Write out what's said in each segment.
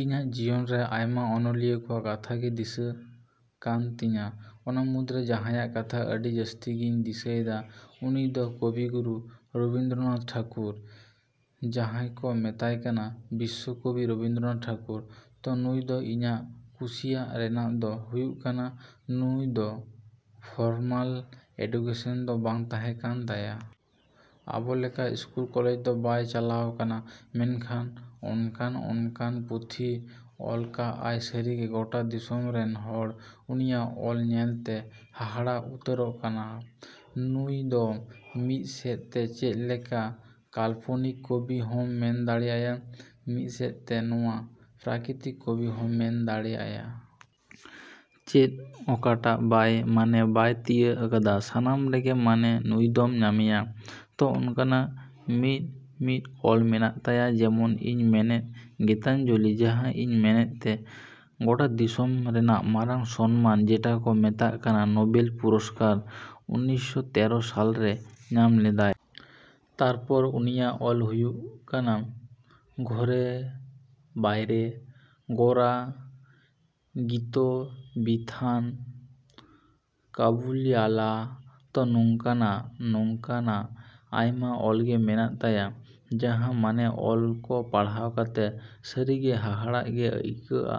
ᱤᱧᱟᱜ ᱡᱤᱭᱚᱱ ᱨᱮ ᱟᱭᱢᱟ ᱚᱱᱚᱞᱤᱭᱟᱹ ᱠᱚᱣᱟᱜ ᱠᱟᱛᱷᱟ ᱜᱮ ᱫᱤᱥᱟᱹᱜ ᱠᱟᱱ ᱛᱤᱧᱟ᱾ ᱚᱱᱟ ᱢᱩᱫᱽᱨᱮ ᱡᱟᱸᱦᱟᱭᱟᱜ ᱠᱟᱛᱷᱟ ᱟᱹᱰᱤ ᱡᱟᱹᱥᱛᱤ ᱜᱤᱧ ᱫᱤᱥᱟᱹᱭᱮᱫᱟ ᱩᱱᱤ ᱫᱚ ᱠᱚᱵᱤᱜᱩᱨᱩ ᱨᱚᱵᱤᱱᱫᱽᱨᱚᱱᱟᱛᱷ ᱴᱷᱟᱠᱩᱨ, ᱡᱟᱸᱦᱟᱭ ᱠᱚ ᱢᱮᱛᱟᱭ ᱠᱟᱱᱟ ᱵᱤᱥᱥᱚ ᱠᱚᱵᱤ ᱨᱚᱵᱤᱱᱫᱽᱨᱚᱱᱟᱛᱷ ᱴᱷᱟᱠᱩᱨ᱾ ᱛᱚ ᱱᱩᱭ ᱫᱚ ᱤᱧᱟᱜ ᱠᱩᱥᱤᱭᱟᱜ ᱨᱮᱱᱟᱜ ᱫᱚ ᱦᱩᱭᱩᱜ ᱠᱟᱱᱟ ᱱᱩᱭ ᱫᱚ ᱯᱷᱚᱨᱢᱟᱞ ᱮᱰᱩᱠᱮᱥᱚᱱ ᱫᱚ ᱵᱟᱝ ᱛᱟᱸᱦᱮ ᱠᱟᱱ ᱛᱟᱭᱟ᱾ ᱟᱵᱚ ᱞᱮᱠᱟ ᱤᱥᱠᱩᱞ ᱠᱚᱞᱮᱡ ᱫᱚ ᱵᱟᱭ ᱪᱟᱞᱟᱣ ᱠᱟᱱᱟ ᱢᱮᱱᱠᱷᱟᱱ ᱚᱱᱠᱟᱱ ᱚᱱᱠᱟᱱ ᱯᱩᱛᱷᱤ ᱚᱞ ᱠᱟᱜ ᱟᱭ ᱥᱟᱹᱨᱤᱜᱮ ᱜᱚᱴᱟ ᱫᱤᱥᱚᱢ ᱨᱮᱱ ᱦᱚᱲ ᱩᱱᱤᱭᱟᱜ ᱚᱞ ᱧᱮᱞᱛᱮ ᱦᱟᱦᱟᱲᱟᱜ ᱩᱛᱟᱹᱨᱚᱜ ᱠᱟᱱᱟ᱾ ᱱᱩᱭ ᱫᱚ ᱢᱤᱫ ᱥᱮᱫ ᱛᱮ ᱪᱮᱫ ᱞᱮᱠᱟ ᱠᱟᱞᱯᱚᱱᱤᱠ ᱠᱚᱵᱤ ᱦᱚᱸᱢ ᱢᱮᱱ ᱫᱟᱲᱮ ᱟᱭᱟ, ᱢᱤᱫ ᱥᱮᱫ ᱛᱮ ᱱᱚᱣᱟ ᱯᱨᱟᱠᱤᱛᱤᱠ ᱠᱚᱵᱤ ᱦᱚᱢ ᱢᱮᱱ ᱫᱟᱲᱮ ᱟᱭᱟ᱾ ᱪᱮᱫ ᱚᱠᱟ ᱴᱟᱜ ᱵᱟᱭ ᱢᱟᱱᱮ ᱵᱟᱭ ᱛᱤᱭᱟᱹᱜ ᱠᱟᱫᱟ, ᱥᱟᱱᱟᱢ ᱨᱮᱜᱮ ᱢᱟᱱᱮ ᱱᱩᱭ ᱫᱚᱢ ᱧᱟᱢᱮᱭᱟ᱾ ᱛᱚ ᱚᱱᱠᱟᱱᱟᱜ ᱢᱤᱫ ᱢᱤᱫ ᱚᱞ ᱢᱮᱱᱟᱜ ᱛᱟᱭᱟ ᱡᱮᱢᱚᱱ ᱤᱧ ᱢᱮᱱᱮᱫ ᱜᱤᱛᱟᱧᱡᱚᱞᱤ ᱡᱟᱸᱦᱟ ᱤᱧ ᱢᱮᱱᱮᱫ ᱛᱮ ᱜᱚᱴᱟ ᱫᱤᱥᱚᱢ ᱨᱮᱱᱟᱜ ᱢᱟᱨᱟᱝ ᱥᱚᱱᱢᱟᱱ ᱡᱮᱴᱟ ᱠᱚ ᱢᱮᱛᱟᱜ ᱠᱟᱱᱟ ᱱᱚᱵᱮᱞ ᱯᱩᱨᱚᱥᱠᱟᱨ ᱩᱱᱤᱥᱥᱚ ᱛᱮᱨᱚ ᱥᱟᱞ ᱨᱮ ᱧᱟᱢ ᱞᱮᱫᱟᱭ᱾ ᱛᱟᱨᱯᱚᱨ ᱩᱱᱤᱭᱟᱜ ᱚᱞ ᱦᱩᱭᱩᱜ ᱠᱟᱱᱟ ᱜᱷᱚᱨᱮ ᱵᱟᱭᱨᱮ, ᱜᱚᱨᱟ, ᱜᱤᱛᱚᱵᱤᱛᱷᱟᱱ, ᱠᱟᱵᱩᱞᱤᱣᱟᱞᱟ᱾ ᱛᱚ ᱱᱚᱝᱠᱟ ᱱᱟᱜ ᱱᱚᱝᱠᱟ ᱱᱟᱜ ᱟᱭᱢᱟ ᱚᱞ ᱜᱮ ᱢᱮᱱᱟᱜ ᱛᱟᱭᱟ ᱡᱟᱸᱦᱟ ᱢᱟᱱᱮ ᱚᱞ ᱠᱚ ᱯᱟᱲᱦᱟᱣ ᱠᱟᱛᱮᱜ ᱥᱟᱹᱨᱤ ᱜᱮ ᱦᱟᱦᱟᱲᱟᱜ ᱜᱮ ᱟᱹᱭᱠᱟᱹᱜᱼᱟ᱾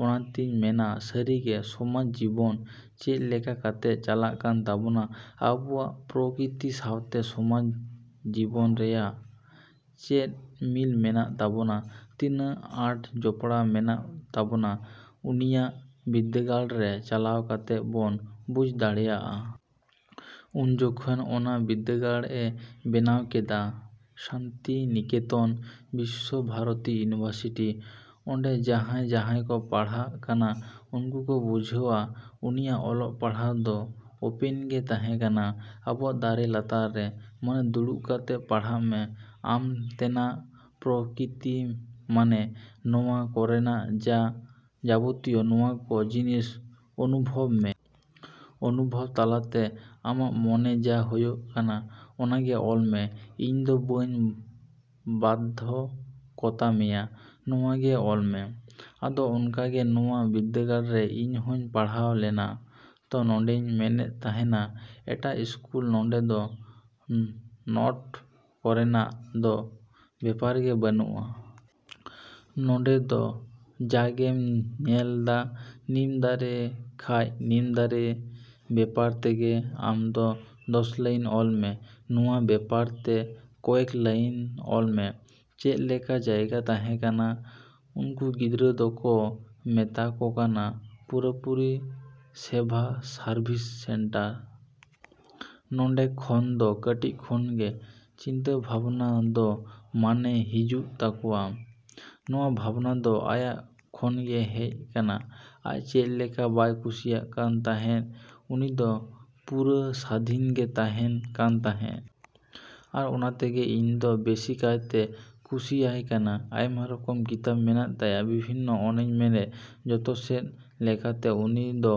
ᱚᱱᱟ ᱛᱤᱧ ᱢᱮᱱᱟ ᱥᱟᱹᱨᱤᱜᱮ ᱥᱚᱢᱟᱡᱽ ᱡᱤᱵᱚᱱ ᱪᱮᱫ ᱞᱮᱠᱟ ᱠᱟᱛᱮᱜ ᱪᱟᱞᱟᱜ ᱠᱟᱱ ᱛᱟᱵᱚᱱᱟ, ᱟᱵᱚᱣᱟᱜ ᱯᱨᱚᱠᱤᱛᱤ ᱥᱟᱶᱛᱮ ᱥᱚᱢᱟᱡᱽ ᱡᱤᱵᱚᱱ ᱨᱮᱭᱟᱜ ᱪᱮᱫ ᱢᱤᱞ ᱢᱮᱱᱟᱜ ᱛᱟᱵᱚᱱᱟ, ᱛᱤᱱᱟᱹᱜ ᱟᱸᱴ ᱡᱚᱯᱲᱟᱣ ᱢᱮᱱᱟᱜ ᱛᱟᱵᱚᱱᱟ ᱩᱱᱤᱭᱟᱜ ᱵᱤᱫᱽᱫᱟᱹᱜᱟᱲ ᱨᱮ ᱪᱟᱞᱟᱣ ᱠᱟᱛᱮᱜ ᱵᱚᱱ ᱵᱩᱡ ᱫᱟᱲᱮᱭᱟᱜᱼᱟ᱾ ᱩᱱᱤ ᱡᱚᱠᱷᱚᱱ ᱚᱱᱟ ᱵᱤᱫᱽᱫᱟᱹᱜᱟᱲ ᱮ ᱵᱮᱱᱟᱣ ᱠᱮᱫᱟ ᱥᱟᱱᱛᱤᱱᱤᱠᱮᱛᱚᱱ ᱵᱤᱥᱥᱚ ᱵᱷᱟᱨᱚᱛᱤ ᱤᱭᱩᱱᱤᱵᱷᱟᱨᱥᱤᱴᱤ, ᱚᱸᱰᱮ ᱡᱟᱸᱦᱟᱭ ᱡᱟᱸᱦᱟᱭ ᱠᱚ ᱯᱟᱲᱦᱟᱣ ᱠᱟᱱᱟ ᱩᱱᱠᱩ ᱠᱚ ᱵᱩᱡᱷᱟᱹᱣᱟ ᱩᱱᱤᱭᱟᱜ ᱚᱞᱚᱜ ᱯᱟᱲᱦᱟᱜ ᱫᱚ ᱚᱯᱮᱱ ᱜᱮ ᱛᱟᱸᱦᱮ ᱠᱟᱱᱟ ᱟᱵᱚᱣᱟᱜ ᱫᱟᱨᱮ ᱞᱟᱛᱟᱨ ᱨᱮ᱾ ᱢᱟᱱᱮ ᱫᱩᱲᱩᱵ ᱠᱟᱛᱮᱜ ᱯᱟᱲᱦᱟᱜ ᱢᱮ, ᱟᱢ ᱛᱮᱱᱟᱜ ᱯᱨᱚᱠᱤᱛᱤ ᱢᱟᱱᱮ ᱱᱚᱣᱟ ᱠᱚᱨᱮᱱᱟᱜ ᱡᱟ ᱡᱟᱵᱚᱛᱤᱭᱚ ᱱᱚᱣᱟ ᱠᱚ ᱡᱤᱱᱤᱥ ᱚᱱᱩᱵᱷᱚᱵ ᱢᱮ᱾ ᱚᱱᱩᱵᱷᱚᱵ ᱛᱟᱞᱟᱛᱮ ᱟᱢᱟᱜ ᱢᱚᱱᱮ ᱡᱟ ᱦᱚᱭᱚᱜ ᱠᱟᱱᱟ ᱚᱱᱟᱜᱮ ᱚᱞ ᱢᱮ, ᱤᱧ ᱫᱚ ᱵᱟᱹᱧ ᱵᱟᱫᱽᱫᱷᱚᱠᱚᱛᱟ ᱢᱮᱭᱟ ᱱᱚᱣᱟᱜᱮ ᱚᱞ ᱢᱮ᱾ ᱟᱫᱚ ᱚᱱᱠᱟ ᱜᱮ ᱱᱚᱣᱟ ᱵᱤᱫᱽᱫᱟᱹᱜᱟᱲ ᱨᱮ ᱤᱧ ᱦᱚᱧ ᱯᱟᱲᱦᱟᱣ ᱞᱮᱱᱟ᱾ ᱛᱚ ᱱᱚᱰᱮᱧ ᱢᱮᱱᱮᱫ ᱛᱟᱸᱦᱮᱱᱟ ᱮᱴᱟᱜ ᱤᱥᱠᱩᱞ ᱱᱚᱰᱮ ᱫᱚ ᱱᱚᱴ ᱠᱚᱨᱮᱱᱟᱜ ᱫᱚ ᱵᱮᱯᱟᱨ ᱜᱮ ᱵᱟᱹᱱᱩᱜᱼᱟ᱾ ᱱᱚᱰᱮ ᱫᱚ ᱡᱟᱜᱮᱢ ᱧᱮᱞ ᱫᱟ ᱱᱤᱢ ᱫᱟᱨᱮ ᱠᱷᱟᱡ ᱱᱤᱢ ᱫᱟᱨᱮ ᱵᱮᱯᱟᱨ ᱛᱮᱜᱮ ᱟᱢ ᱫᱚ ᱫᱚᱥ ᱞᱟᱭᱤᱱ ᱚᱞ ᱢᱮ, ᱱᱚᱣᱟ ᱵᱮᱯᱟᱨ ᱛᱮ ᱠᱚᱭᱮᱠ ᱞᱟᱭᱤᱱ ᱚᱞ ᱢᱮ᱾ ᱪᱮᱫ ᱞᱮᱠᱟ ᱡᱟᱭᱜᱟ ᱛᱟᱸᱦᱮ ᱠᱟᱱᱟ ᱩᱱᱠᱩ ᱜᱤᱫᱽᱨᱟᱹ ᱫᱚᱠᱚ ᱢᱮᱛᱟ ᱠᱚ ᱠᱟᱱᱟ ᱯᱩᱨᱟᱹᱯᱩᱨᱤ ᱥᱮᱵᱷ ᱥᱟᱨᱵᱷᱤᱥ ᱥᱮᱱᱴᱟᱨ᱾ ᱱᱚᱰᱮ ᱠᱷᱚᱱ ᱫᱚ ᱠᱟᱹᱴᱤᱡ ᱠᱷᱚᱱᱜᱮ ᱪᱤᱱᱛᱟᱹ ᱵᱷᱟᱵᱱᱟ ᱫᱚ ᱢᱟᱱᱮ ᱦᱤᱡᱩᱜ ᱛᱟᱠᱚᱣᱟ᱾ ᱱᱚᱣᱟ ᱵᱷᱟᱵᱱᱟ ᱫᱚ ᱟᱭᱟᱜ ᱠᱷᱚᱱᱜᱮ ᱦᱮᱡ ᱠᱟᱱᱟ ᱟᱡ ᱪᱮᱫ ᱞᱮᱠᱟ ᱵᱟᱭ ᱠᱩᱥᱤᱭᱟᱜ ᱠᱟᱱ ᱛᱟᱸᱦᱮᱜ ᱩᱱᱤ ᱫᱚ ᱯᱩᱨᱟᱹ ᱥᱟᱹᱫᱷᱤᱱ ᱜᱮ ᱛᱟᱸᱦᱮᱱ ᱠᱟᱱ ᱛᱟᱸᱦᱮᱜ᱾ ᱟᱨ ᱚᱱᱟ ᱛᱮᱜᱮ ᱤᱧᱫᱚ ᱵᱮᱥᱤ ᱠᱟᱭᱛᱮ ᱠᱩᱥᱤ ᱟᱭ ᱠᱟᱱᱟ᱾ ᱟᱭᱢᱟ ᱨᱚᱠᱚᱢ ᱠᱤᱛᱟᱹᱵ ᱢᱮᱱᱟᱜ ᱛᱟᱭᱟ ᱵᱤᱵᱷᱤᱱᱱᱚ ᱚᱱᱮᱧ ᱢᱮᱱᱮᱫ ᱡᱚᱛ ᱥᱮᱫ ᱞᱮᱠᱟᱛᱮ ᱩᱱᱤ ᱫᱚ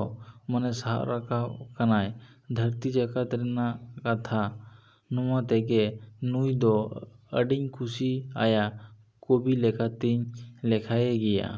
ᱢᱟᱱᱮ ᱥᱟᱵ ᱨᱟᱠᱟᱵ ᱠᱟᱱᱟᱭ ᱫᱷᱟᱹᱨᱛᱤ ᱡᱟᱠᱟᱛ ᱨᱮᱱᱟᱜ ᱠᱟᱛᱷᱟ᱾ ᱱᱚᱣᱟ ᱛᱮᱜᱮ ᱱᱩᱭ ᱫᱚ ᱟᱹᱰᱤᱧ ᱠᱩᱥᱤ ᱟᱭᱟ ᱠᱚᱵᱤ ᱞᱮᱠᱟᱛᱤᱧ ᱞᱮᱠᱷᱟᱭᱮ ᱜᱮᱭᱟ᱾